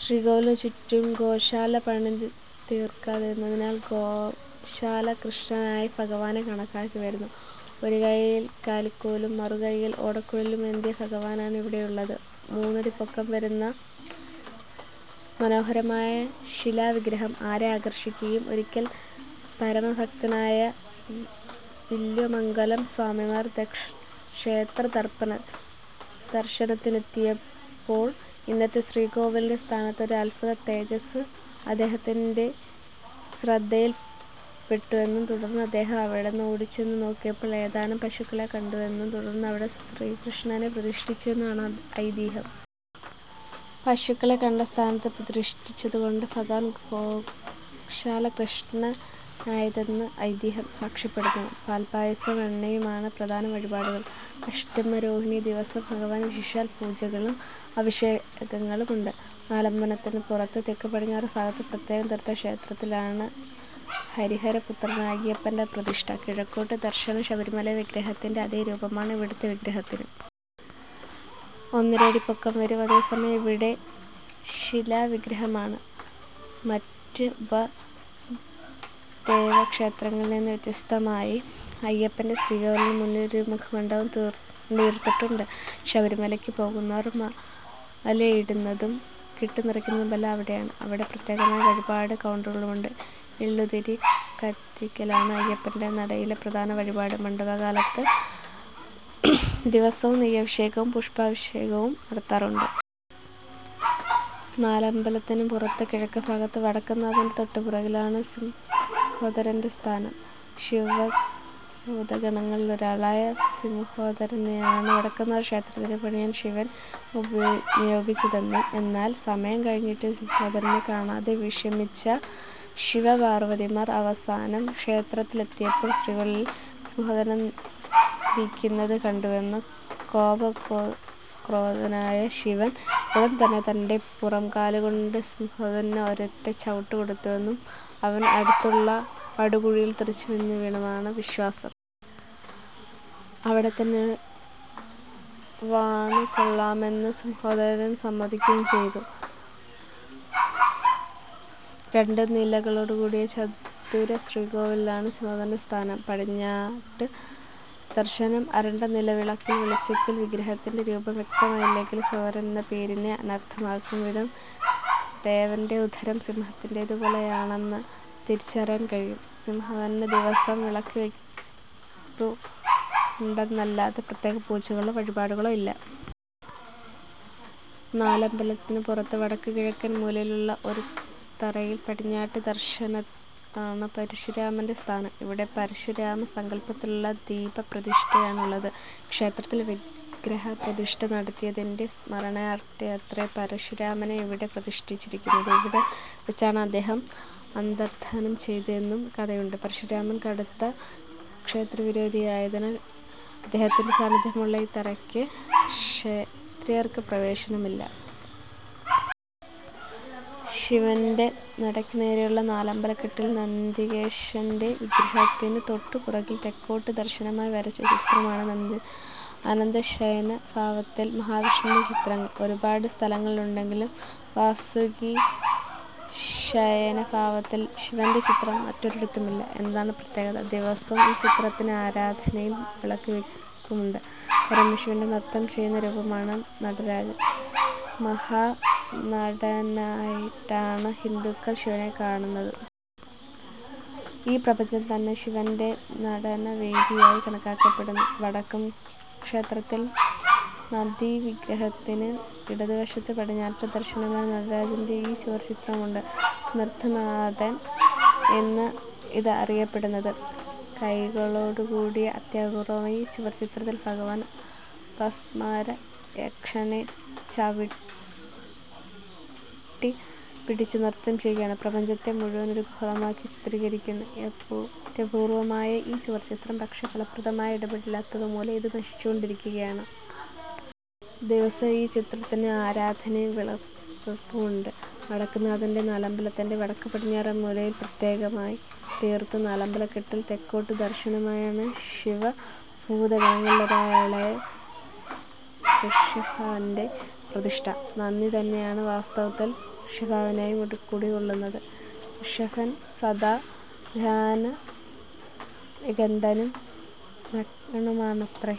ശ്രീകോവിലിനുചുറ്റും ഗോശാല പണിതീർത്തിരിയ്ക്കുന്നതിനാൽ ഗോശാലകൃഷ്ണനായി ഭഗവാനെ കണക്കാക്കിവരുന്നു. ഒരുകയ്യിൽ കാലിക്കോലും മറുകയ്യിൽ ഓടക്കുഴലുമേന്തിയ ഭഗവാനാണ് ഇവിടെയുള്ളത്. മൂന്നടി പൊക്കം വരുന്ന മനോഹരമായ ശിലാവിഗ്രഹം ആരെയും ആകർഷിയ്ക്കും. ഒരിയ്ക്കൽ പരമഭക്തനായ വില്വമംഗലം സ്വാമിയാർ ക്ഷേത്രദർശനത്തിനെത്തിയപ്പോൾ ഇന്നത്തെ ശ്രീകോവിലിന്റെ സ്ഥാനത്ത് ഒരു അത്ഭുതതേജസ്സ് അദ്ദേഹത്തിന്റെ ശ്രദ്ധയിൽ പെട്ടുവെന്നും തുടർന്ന് അദ്ദേഹം അവിടെ ഓടിച്ചെന്ന് നോക്കിയപ്പോൾ ഏതാനും പശുക്കളെ കണ്ടുവെന്നും തുടർന്ന് അവിടെ ശ്രീകൃഷ്ണനെ പ്രതിഷ്ഠിച്ചുവെന്നുമാണ് ഐതിഹ്യം. പശുക്കളെ കണ്ട് സ്ഥാനത്ത് പ്രതിഷ്ഠിച്ചതുകൊണ്ടാണ് ഭഗവാൻ ഗോശാലകൃഷ്ണനായതെന്ന് ഐതിഹ്യം സാക്ഷ്യപ്പെടുത്തുന്നു. പാൽപ്പായസവും വെണ്ണയുമാണ് പ്രധാന വഴിപാടുകൾ. അഷ്ടമിരോഹിണിദിവസം ഭഗവാന് വിശേഷാൽ പൂജകളും അഭിഷേകങ്ങളുമുണ്ട്. നാലമ്പലത്തിനുപുറത്ത് തെക്കുപടിഞ്ഞാറുഭാഗത്ത് പ്രത്യേകം തീർത്ത ക്ഷേത്രത്തിലാണ് ഹരിഹരപുത്രനായ അയ്യപ്പന്റെ പ്രതിഷ്ഠ. കിഴക്കോട്ട് ദർശനം. ശബരിമലയിലെ വിഗ്രഹത്തിന്റെ അതേ രൂപമാണ് ഇവിടത്തെ വിഗ്രഹത്തിനും. ഒന്നരയടി പൊക്കം വരും. അതേസമയം ഇവിടെ ശിലാവിഗ്രഹമാണ്. മറ്റ് ഉപദേവതാക്ഷേത്രങ്ങളിൽനിന്ന് വ്യത്യസ്തമായി അയ്യപ്പന്റെ ശ്രീകോവിലിനുമുന്നിൽ ഒരു മുഖമണ്ഡപം പണിതീർത്തിട്ടുണ്ട്. ശബരിമലയ്ക്ക് പോകുന്നവർ മാലയിടുന്നതും കെട്ടുനിറയ്ക്കുന്നതുമെല്ലാം അവിടെയാണ്. അവിടെ പ്രത്യേകമായി വഴിപാട് കൗണ്ടറുമുണ്ട്. എള്ളുതിരി കത്തിയ്ക്കലാണ് അയ്യപ്പന്റെ നടയിലെ പ്രധാന വഴിപാട്. മണ്ഡലകാലത്ത് ദിവസവും നെയ്യഭിഷേകവും പുഷ്പാഭിഷേകവും നടത്താറുണ്ട്. നാലമ്പലത്തിനുപുറത്ത് കിഴക്കുഭാഗത്ത് വടക്കുംനാഥന്റെ തൊട്ടുപുറകിലാണ് സിംഹോദരന്റെ സ്ഥാനം. ശിവഭൂതഗണങ്ങളിലൊരാളായ സിംഹോദരനെയാണ് വടക്കുംനാഥക്ഷേത്രം പണിയാൻ ശിവൻ നിയോഗിച്ചതെന്നും എന്നാൽ സമയം കഴിഞ്ഞിട്ടും സിംഹോദരനെ കാണാതെ വിഷമിച്ച ശിവപാർവ്വതിമാർ അവസാനം ക്ഷേത്രത്തിലെത്തിയപ്പോൾ ശ്രീകോവിലിൽ സിംഹോദരനിരിയ്ക്കുന്നത് കണ്ടുവെന്നും കോപാക്രാന്തനായ ശിവൻ ഉടനെത്തന്നെ തന്റെ പുറംകാലുകൊണ്ട് സിംഹോദരന് ഒരൊറ്റ ചവിട്ടുകൊടുത്തുവെന്നും അവൻ അടുത്തുള്ള പടുകുഴിയിൽ തെറിച്ചുവീണുവെന്നുമാണ് വിശ്വാസം. അവിടെത്തന്നെ വാണുകൊള്ളാമെന്ന് സിംഹോദരൻ സമ്മതിയ്ക്കുകയും ചെയ്തു. രണ്ടുനിലകളോടുകൂടിയ ചതുരശ്രീകോവിലിലാണ് സിംഹോദരന്റെ സ്ഥാനം. പടിഞ്ഞാട്ട് ദർശനം. അരണ്ട നിലവിളക്കിൻ വെളിച്ചത്തിൽ വിഗ്രഹത്തിന്റെ രൂപം വ്യക്തമാകില്ലെങ്കിലും സിംഹോദരൻ എന്ന പേരിനെ അന്വർത്ഥമാക്കും വിധം ദേവന്റെ ഉദരം സിംഹത്തിന്റേതുപോലെയാണെന്നത് തിരിച്ചറിയാൻ കഴിയും. സിംഹോദരന് ദിവസവും വിളക്കുവയ്പുണ്ടെന്നല്ലാതെ പ്രത്യേകപൂജകളോ വഴിപാടുകളോ ഇല്ല. നാലമ്പലത്തിനുപുറത്ത് വടക്കുകിഴക്കേമൂലയിലുള്ള ഒരു തറയിൽ പടിഞ്ഞാട്ട് ദർശനമാണ് പരശുരാമന്റെ സ്ഥാനം. ഇവിടെ പരശുരാമസങ്കല്പത്തിലുള്ള ദീപപ്രതിഷ്ഠയാണുള്ളത്. ക്ഷേത്രത്തിൽ വിഗ്രഹപ്രതിഷ്ഠ നടത്തിയതിന്റെ സ്മരണയ്ക്കാണത്രേ പരശുരാമനെ ഇവിടെ പ്രതിഷ്ഠിച്ചിരിയ്ക്കുന്നത്. ഇവിടെ വച്ചാണ് അദ്ദേഹം അന്തർദ്ധാനം ചെയ്തതെന്നും കഥയുണ്ട്. പരശുരാമൻ കടുത്ത ക്ഷത്രിയവിരോധിയായതിനാൽ അദ്ദേഹത്തിന്റെ സാന്നിദ്ധ്യമുള്ള ഈ തറയിക്ക് ക്ഷത്രിയർക്ക് പ്രവേശനമില്ല. ശിവന്റെ നടയ്ക്കുനേരെയുള്ള നാലമ്പലക്കെട്ടിൽ നന്തികേശ്വന്റെ വിഗ്രഹത്തിന് തൊട്ടുപുറകിൽ തെക്കോട്ട് ദർശനമായി വരച്ച ചിത്രമാണിത്. അനന്തശയനഭാവത്തിൽ മഹാവിഷ്ണുവിന്റെ ചിത്രങ്ങൾ ഒരുപാട് സ്ഥലങ്ങളിലുണ്ടെങ്കിലും വാസുകീശയനഭാവത്തിൽ ശിവന്റെ ചിത്രം മറ്റൊരിടത്തുമില്ല എന്നതാണ് പ്രത്യേകത. ദിവസവും ഈ ചിത്രത്തിന് ആരാധനയും വിളക്കുവയ്പുമുണ്ട്. പരമശിവന്റെ നൃത്തം ചെയ്യുന്ന രൂപമാണ് നടരാജൻ. മഹാനടനനായിട്ടാണ് ഹിന്ദുക്കൾ ശിവനെ കാണുന്നത്. ഈ പ്രപഞ്ചം തന്നെ ശിവന്റെ നടനവേദിയായി കണക്കാക്കപ്പെടുന്നു. വടക്കുംനാഥക്ഷേത്രത്തിൽ നന്തിവിഗ്രഹത്തിന് ഇടതുവശത്ത് പടിഞ്ഞാട്ട് ദർശനമായി നടരാജന്റെ ഒരു ചുവർച്ചിത്രമുണ്ട്. നൃത്തനാഥൻ എന്നാണ് ഇതറിയപ്പെടുന്നത്. കൈകളോടുകൂടിയ അത്യപൂർവ്വമായ ഈ ചുവർച്ചിത്രത്തിൽ ഭഗവാൻ അപസ്മാരയക്ഷനെ ചവുട്ടിപ്പിടിച്ച് നൃത്തം ചെയ്യുകയാണ്. പ്രപഞ്ചത്തെ മുഴുവൻ ഒരു ഗോളമാക്കി ചിത്രികരിച്ചിരിയ്ക്കുന്നു. അത്യപൂർവ്വമായ ഈ ചുവർച്ചിത്രം, പക്ഷേ ഫലപ്രദമായ ഇടപെടലില്ലാത്തതുമൂലം ഇത് നശിച്ചുകൊണ്ടിരിയ്ക്കുകയാണ്. ദിവസവും ഈ ചിത്രത്തിനും ആരാധനയും വിളക്കുവയ്പുമുണ്ട്. വടക്കുംനാഥന്റെ നാലമ്പലത്തിന്റെ വടക്കുപടിഞ്ഞാറേമൂലയിൽ പ്രത്യേകമായിത്തീർത്ത് നാലമ്പലക്കെട്ടിൽ തെക്കോട്ട് ദർശനമായാണ് ശിവഭൂതഗണങ്ങളിലൊരാളായ ഋഷഭന്റെ പ്രതിഷ്ഠ. നന്ദി തന്നെയാണ് വാസ്തവത്തിൽ ഋഷഭനായും കുടികൊള്ളുന്നത്. ഋഷഭൻ സദാ ധ്യാനനിമഗ്നനും നഗ്നണുമാണത്രേ!